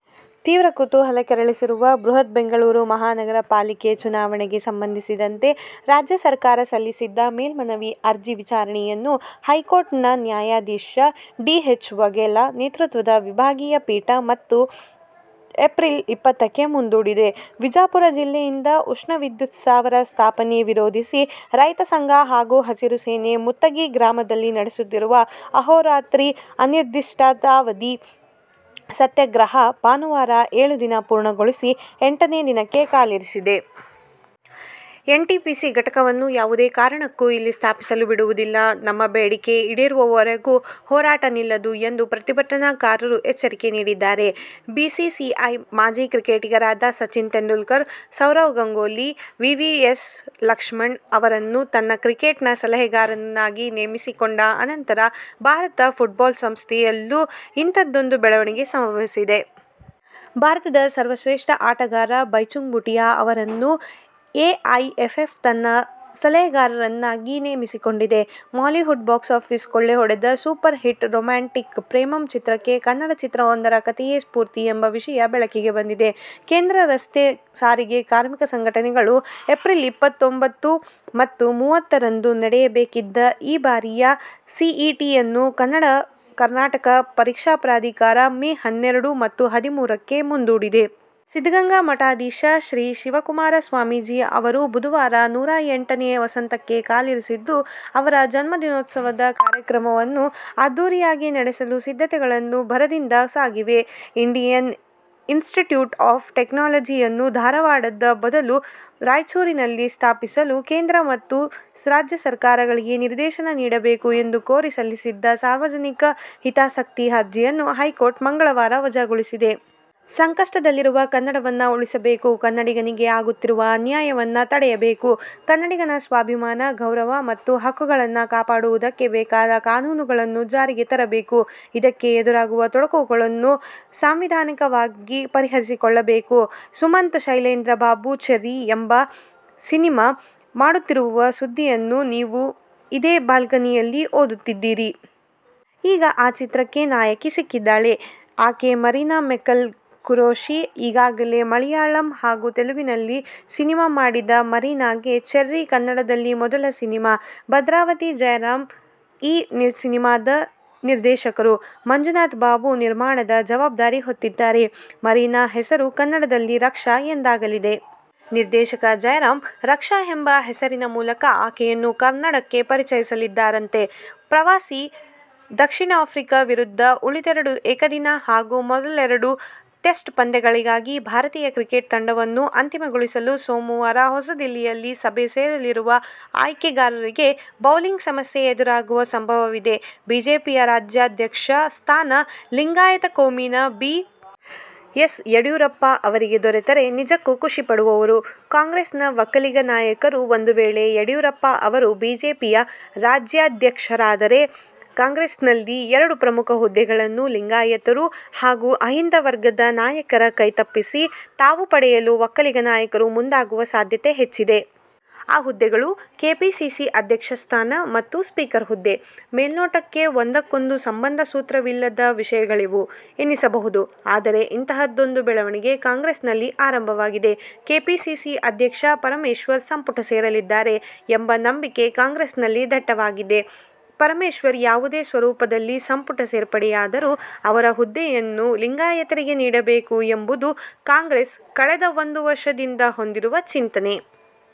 ತೀವ್ರ ಕುತೂಹಲ ಕೆರಳಿಸಿರುವ ಬೃಹತ್ ಬೆಂಗಳೂರು ಮಹಾನಗರ ಪಾಲಿಕೆ ಚುನಾವಣೆಗೆ ಸಂಬಂಧಿಸಿದಂತೆ ರಾಜ್ಯ ಸರ್ಕಾರ ಸಲ್ಲಿಸಿದ್ದ ಮೇಲ್ಮನವಿ ಅರ್ಜಿ ವಿಚಾರಣೆಯನ್ನು ಹೈಕೋರ್ಟ್ ನ ನ್ಯಾ. ಡಿ. ಎಚ್. ವಘೇಲಾ ನೇತೃತ್ವದ ವಿಭಾಗೀಯ ಪೀಠ ಮತ್ತೆ ಏಪ್ರಿಲ್ ಇಪ್ಪತ್ತಕ್ಕೆ ಮುಂದೂಡಿದೆ. ವಿಜಾಪುರ ಜಿಲ್ಲೆಯಿಂದ ಉಷ್ಣ ವಿದ್ಯುತ್ ಸ್ಥಾವರ ಸ್ಥಾಪನೆ ವಿರೋಧಿಸಿ ರೈತ ಸಂಘ ಹಾಗೂ ಹಸಿರು ಸೇನೆ ಮುತ್ತಗಿ ಗ್ರಾಮದಲ್ಲಿ ನಡೆಸುತ್ತಿರುವ ಅಹೋರಾತ್ರಿ ಅನಿರ್ದಿಷ್ಟಾವಧಿ ಸತ್ಯಾಗ್ರಹ ಭಾನುವಾರ ಏಳು ದಿನ ಪೂರ್ಣಗೊಳಿಸಿ ಎಂಟನೇ ದಿನಕ್ಕೆ ಕಾಲಿರಿಸಿದೆ. ಎನ್ಟಿಪಿಸಿ ಘಟಕವನ್ನು ಯಾವುದೇ ಕಾರಣಕ್ಕೂ ಇಲ್ಲಿ ಸ್ಥಾಪಿಸಲು ಬಿಡುವುದಿಲ್ಲ. ನಮ್ಮ ಬೇಡಿಕೆ ಈಡೇರುವವರೆಗೂಹೋರಾಟ ನಿಲ್ಲದು ಎಂದು ಪ್ರತಿಭಟನಾಕಾರರು ಎಚ್ಚರಿಕೆ ನೀಡಿದ್ದಾರೆ. ಬಿಸಿಸಿಐ ಮಾಜಿ ಕ್ರಿಕೆಟಿಗರಾದ ಸಚಿನ್ ತೆಂಡುಲ್ಕರ್, ಸೌರವ್ ಗಂಗೂಲಿ, ವಿವಿಎಸ್ ಲಕ್ಷ್ಮಣ್ ಅವರನ್ನು ತನ್ನ ಕ್ರಿಕೆಟ್ ಸಲಹೆಗಾರರನ್ನಾಗಿ ನೇಮಿಸಿಕೊಂಡ ಅನಂತರ ಭಾರತ ಫುಟ್ಬಾಲ್ ಸಂಸ್ಥೆಯಲ್ಲೂ ಇಂಥದೊಂದು ಬೆಳವಣಿಗೆ ಸಂಭವಿಸಿದೆ. ಭಾರತದ ಸರ್ವಶ್ರೇಷ್ಠ ಆಟಗಾರ ಬೈಚುಂಗ್ ಭುಟಿಯಾ ಅವರನ್ನು ಎಐಎಫ್ಎಫ್ ತನ್ನ ಸಲಹೆಗಾರರನ್ನಾಗಿ ನೇಮಿಸಿಕೊಂಡಿದೆ. ಮಾಲಿವುಡ್ ಬಾಕ್ಸಾಫೀಸ್ ಕೊಳ್ಳೆಹೊಡೆದ ಸೂಪರ್ ಹಿಟ್ ರೊಮ್ಯಾಂಟಿಕ್ ಪ್ರೇಮಂ ಚಿತ್ರಕ್ಕೆ ಕನ್ನಡ ಚಿತ್ರವೊಂದರ ಕಥೆಯೇ ಸ್ಪೂರ್ತಿ ಎಂಬ ವಿಷಯ ಬೆಳಕಿಗೆ ಬಂದಿದೆ. ಕೇಂದ್ರ ರಸ್ತೆ ಸಾರಿಗೆ ಕಾರ್ಮಿಕ ಸಂಘಟನೆಗಳು ಎ. ಇಪ್ಪತ್ತಒಂಬತ್ತು ಮತ್ತು ಮೂವತ್ತು ರಂದು ನಡೆಯಬೇಕಿದ್ದ ಈ ಬಾರಿಯ ಸಿಇಟಿಯನ್ನು ಕರ್ನಾಟಕ ಪರೀಕ್ಷಾ ಪ್ರಾಧಿಕಾರ ಮೇ ಹನ್ನೆರಡು ಮತ್ತು ಹದಿಮೂರು ಕ್ಕೆ ಮುಂದೂಡಿದೆ. ಸಿದ್ಧಗಂಗಾ ಮಠಾಧೀಶ ಶ್ರೀ ಶಿವಕುಮಾರ ಸ್ವಾಮೀಜಿ ಅವರು ಬುಧವಾರ ನೂರಾ ಎಂಟು ನೇ ವಸಂತಕ್ಕೆ ಕಾಲಿರಿಸುತ್ತಿದ್ದು, ಅವರ ಜನ್ಮದಿನೋತ್ಸವ ಕಾರ್ಯಕ್ರಮವನ್ನು ಅದ್ಧೂರಿಯಾಗಿ ನಡೆಸಲು ಸಿದ್ಧತೆಗಳು ಭರದಿಂದ ಸಾಗಿವೆ. ಇಂಡಿಯನ್ ಇನ್ಸ್ಟಿಟ್ಯೂಟ್ ಆಫ್ ಟೆಕ್ನಾಲಜಿ ಯನ್ನು ಧಾರವಾಡದ ಬದಲು ರಾಯಚೂರಿನಲ್ಲಿ ಸ್ಥಾಪಿಸಲು ಕೇಂದ್ರ ಮತ್ತು ರಾಜ್ಯ ಸರಕಾರಗಳಿಗೆ ನಿರ್ದೇಶನ ನೀಡಬೇಕು ಎಂದು ಕೋರಿ ಸಲ್ಲಿಸಲಾಗಿದ್ದ ಸಾರ್ವಜನಿಕ ಹಿತಾಸಕ್ತಿ ಅರ್ಜಿಯನ್ನು ಹೈಕೋರ್ಟ್ ಮಂಗಳವಾರ ವಜಾಗೊಳಿಸಿದೆ. ಸಂಕಷ್ಟದಲ್ಲಿರುವ ಕನ್ನಡವನ್ನು ಉಳಿಸಬೇಕು. ಕನ್ನಡಿಗನಿಗೆ ಆಗುತ್ತಿರುವ ಅನ್ಯಾಯವನ್ನು ತಡೆಯ ಬೇಕು. ಕನ್ನಡಿಗನ ಸ್ವಾಭಿಮಾನ, ಗೌರವ ಮತ್ತು ಹಕ್ಕು ಗಳನ್ನು ಕಾಪಾಡುವುದಕ್ಕೆ ಬೇಕಾದ ಕಾನೂನುಗಳನ್ನು ಜಾರಿಗೆ ತರಬೇಕು. ಇದಕ್ಕೆ ಎದುರಾಗುವ ತೊಡಕುಗಳನ್ನು ಸಾಂವಿಧಾನಿಕವಾಗಿ ಪರಿಹರಿಸಿಕೊಳ್ಳಬೇಕು. ಸುಮಂತ್ ಶೈಲೇಂದ್ರ ಬಾಬು ಚೆರ್ರಿ ಎಂಬ ಸಿನಿಮಾ ಮಾಡುತ್ತಿರುವ ಸುದ್ದಿಯನ್ನು ನೀವು ಇದೇ ಬಾಲ್ಕನಿಯಲ್ಲಿ ಓದಿದ್ದೀರಿ. ಈಗ ಆ ಚಿತ್ರಕ್ಕೆ ನಾಯಕಿ ಸಿಕ್ಕಿದ್ದಾಳೆ. ಆಕೆ ಮರೀನಾ ಮೈಕೆಲ್ ಖುರೇಶಿ. ಈಗಾಗಲೇ ಮಲಯಾಳಂ ಹಾಗೂ ತೆಲುಗಿನಲ್ಲಿ ಸಿನಿಮಾ ಮಾಡಿದ ಮರೀನಾಗೆ "ಚೆರ್ರಿ' ಕನ್ನಡದಲ್ಲಿ ಮೊದಲ ಸಿನಿಮಾ. ಭದ್ರಾವತಿ ಜಯರಾಂ ಈ ಸಿನಿಮಾದ ನಿರ್ದೇಶಕರು. ಮಂಜುನಾಥ್ ಬಾಬು ನಿರ್ಮಾಣದ ಜವಾಬ್ದಾರಿ ಹೊತ್ತಿದ್ದಾರೆ. ಮರೀನಾ ಹೆಸರು ಕನ್ನಡದಲ್ಲಿ ರಕ್ಷಾ ಎಂದಾಗಲಿದೆ. ನಿರ್ದೇಶಕ ಜಯರಾಂ ರಕ್ಷಾ ಎಂಬ ಹೆಸರಿನ ಮೂಲಕ ಆಕೆಯನ್ನು ಕನ್ನಡಕ್ಕೆ ಪರಿಚಯಿಸಲಿದ್ದಾರಂತೆ. ಪ್ರವಾಸಿ ದಕ್ಷಿಣ ಆಫ್ರಿಕಾ ವಿರುದ್ಧದ ಉಳಿದೆರಡು ಏಕದಿನ ಹಾಗೂ ಮೊದಲೆರಡು ಟೆಸ್ಟ್ ಪಂದ್ಯಗಳಿಗಾಗಿ ಭಾರತೀಯ ಕ್ರಿಕೆಟ್ ತಂಡವನ್ನು ಅಂತಿಮಗೊಳಿಸಲು ಸೋಮವಾರ ಹೊಸದಿಲ್ಲಿಯಲ್ಲಿ ಸಭೆ ಸೇರಲಿರುವ ಆಯ್ಕೆಗಾರರಿಗೆ ಬೌಲಿಂಗ್ ಸಮಸ್ಯೆ ಎದುರಾಗುವ ಸಂಭವವಿದೆ. ಬಿಜೆಪಿಯ ರಾಜ್ಯಾಧ್ಯಕ್ಷ ಸ್ಥಾನ ಲಿಂಗಾಯತ ಕೋಮಿನ ಬಿ. ಎಸ್. ಯಡಿಯೂರಪ್ಪ ಅವರಿಗೆ ದೊರೆತರೆ ನಿಜಕ್ಕೂ ಖುಷಿ ಪಡುವವರು ಕಾಂಗ್ರೆಸ್ನ ಒಕ್ಕಲಿಗ ನಾಯಕರು! ಒಂದು ವೇಳೆ ಯಡಿಯೂರಪ್ಪ ಅವರು ಬಿಜೆಪಿಯ ರಾಜ್ಯಾಧ್ಯಕ್ಷರಾದರೆ ಕಾಂಗ್ರೆಸ್ನಲ್ಲಿ ಎರಡು ಪ್ರಮುಖ ಹುದ್ದೆ ಗಳನ್ನು ಲಿಂಗಾಯತರುಹಾಗೂ ಅಹಿಂದ ವರ್ಗದ ನಾಯಕರ ಕೈತಪ್ಪಿಸಿ ತಾವು ಪಡೆಯಲು ಒಕ್ಕಲಿಗ ನಾಯಕರು ಮುಂದಾಗುವ ಸಾಧ್ಯತೆ ಹೆಚ್ಚಿದೆ. ಆ ಹುದ್ದೆಗಳು-ಕೆಪಿಸಿಸಿ ಅಧ್ಯಕ್ಷ ಸ್ಥಾನ ಮತ್ತು ಸ್ಪೀಕರ್ ಹುದ್ದೆ. ಮೇಲುನೋಟಕ್ಕೆ ಒಂದ ಕ್ಕೊಂದು ಸಂಬಂಧ ಸೂತ್ರವಿಲ್ಲದ ವಿಷಯಗಳಿವು ಎನಿಸಬಹುದು. ಆದರೆ, ಇಂತಹದೊಂದು ಬೆಳವಣಿಗೆ ಕಾಂಗ್ರೆಸ್ನಲ್ಲಿ ಆರಂಭವಾಗಿದೆ. ಕೆಪಿಸಿಸಿ ಅಧ್ಯಕ್ಷ ಪರಮೇಶ್ವರ್ ಸಂಪುಟ ಸೇರಲಿದ್ದಾರೆ ಎಂಬ ನಂಬಿಕೆ ಕಾಂಗ್ರೆಸ್ನಲ್ಲಿ ದಟ್ಟವಾಗಿದೆ. ಪರಮೇಶ್ವರ್ ಯಾವುದೇ ಸ್ವರೂಪದಲ್ಲಿ ಸಂಪುಟ ಸೇರ್ಪಡೆಯಾದರೂ ಅವರ ಹುದ್ದೆಯನ್ನು ಲಿಂಗಾಯತರಿಗೆ ನೀಡಬೇಕು ಎಂಬದು ಕಾಂಗ್ರೆಸ್ ಕಳೆದ ಒಂದು ವರ್ಷದಿಂದ ಹೊಂದಿರುವ ಚಿಂತನೆ.